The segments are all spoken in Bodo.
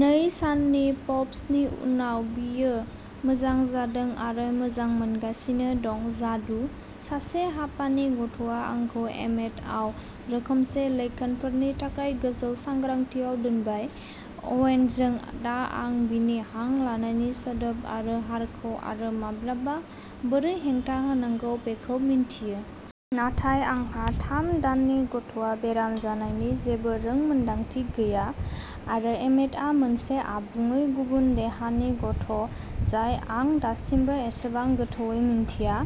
नै साननि पफ्सनि उनाव, बियो मोजां जादों आरो मोजां मोनगासिनो दं। जादु! सासे हापानि गथ'आ आंखौ एमेटआव रोखोमसे लैखोनफोरनि थाखाय गोजौ सांग्रांथिआव दोनबाय। अवेनजों, दा आं बिनि हां लानायनि सोदोब आरो हारखौ आरो माब्लाबा बोरै हेंथा होनांगौ बेखौ मिन्थियो। नाथाय आंहा थाम दाननि गथ'आ बेराम जानायनि जेबो रोंमोनदांथि गैया आरो एमेटआ मोनसे आबुङै गुबुन देहानि गथ', जाय आं दासिमबो एसेबां गोथौवै मिन्थिया।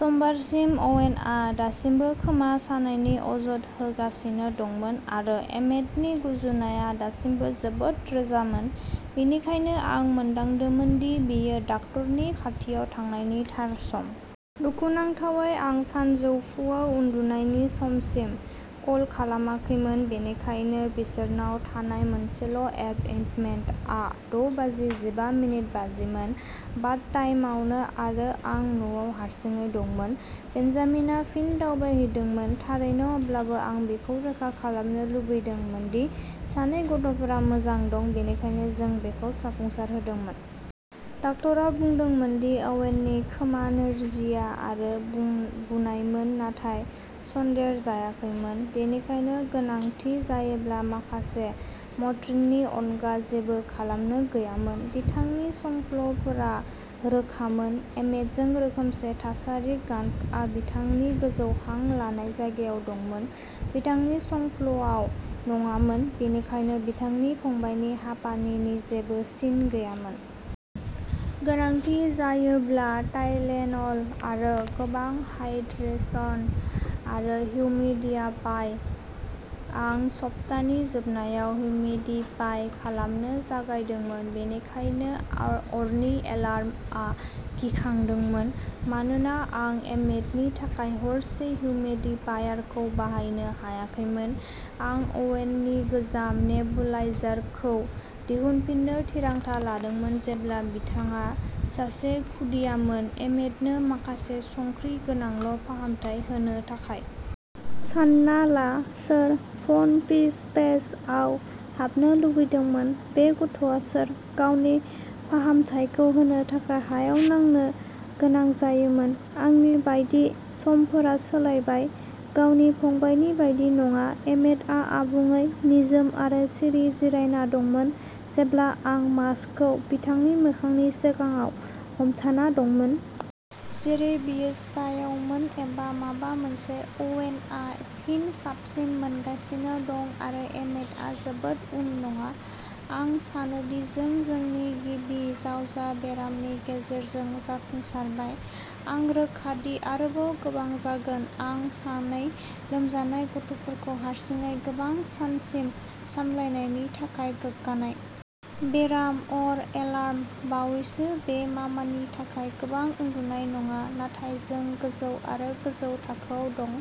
समबारसिम अवेनआ दासिमबो खोमा सानायनि अजद होगासिनो दंमोन आरो एमेटनि गुजुनाया दासिमबो जोबोद रोजामोन। बेनिखायनो आं मोनदांदोंमोन दि बेयो डाक्टरनि खाथियाव थांनायनि थार सम। दुखुनांथावै आं सानजौफुआव उन्दुनायनि समसिम कल खालामाखैमोन। बेनिखायनो बिसोरनाव थानाय मोनसेल' एपइन्टमेन्टआ द' बाजि जिबा मिनिट बाजिमोन। बाथटाइमावनो आरो आं न'आव हारसिङै दंमोन। बेन्जामिनआ फिन दावबायहैदोंमोन। थारैनो अब्लाबो, आं बेखौ रोखा खालामनो लुबैदोंमोन दि सानै गथ'फोरा मोजां दं। बेनिखायनो जों बेखौ जाफुंसारहोदोंमोन। डाक्टरा बुंदोंमोन दि अवेननि खोमा नोरजिया आरो बुं-बुनायमोन, नाथाय सन्देरजायाखैमोन। बेनिखायनो गोनांथि जायोब्ला माखासे मट्रिननि अनगा जेबो खालामनो गैयामोन। बिथांनि संफ्ल'फोरा रोखामोन। एमेटजों रोखोमसे थासारि गान्कआ बिथांनि गोजौ हां लानाय जायगायाव दंमोन, बिथांनि संफ्ल'आव नङामोन। बेनिखायनो बिथांनि फंबायनि हापानिनि जेबो सिन गैयामोन। गोनांथि जायोब्ला टाइलेन'ल आरो गोबां हाइड्रेशन आरो हिउमिडियाफाइ। आं सप्तानि जोबनायाव हिउमिडिफाइ खालामनो जागायदोंमोन, बेनिखायनो आर-अरनि एलार्मआ गिखांदोंमोन। मानोना आं एमेटनि थाखाय हरसे हिउमिडिफायारखौ बाहायनो हायाखैमोन। आं अवेननि गोजाम नेबुलाइजारखौ दिहुनफिननो थिरांथा लादोंमोन। जेब्ला बिथाङा सासे खुदियामोन, एमेटनो माखासे संख्रि गोनांल' फाहामथाय होनो थाखाय। सान्ना ला सोर फन फिश फेसआव हाबनो लुबैदोंमोन? बे गथ'आ सोर? गावनि फाहामथायखौ होनो थाखाय हायाव नांनो गोनां जायोमोन। आंनि बायदि समफोरा सोलायबाय। गावनि फंबायनि बायदि नङा, एमेटआ आबुङै निजोम आरो सिरि जिरायना दंमोन। जेब्ला आं मास्कखौ बिथांनि मोखांनि सिगाङाव हमथाना दंमोन। जेरै बियो स्पायावमोन एबा माबा मोनसे। अवेनआ फिन साबसिन मोनगासिनो दं आरो एमेटआ जोबोद उन नङा। आं सानोदि जों जोंनि गिबि जावजा बेरामनि गेजेरजों जाफुंसारबाय। आं रोखा दि आरोबाव गोबां जागोन, आं सानै लोमजानाय गथ'फोरखौ हारसिङै गोबां सानसिम सामलायनायनि थाखाय गोग्गानाय। बेराम, अर एलार्म बावैसो बे मामानि थाखाय गोबां उन्दुनाय नङा। नाथाय जों गोजौ आरो गोजौ थाखोआव दं।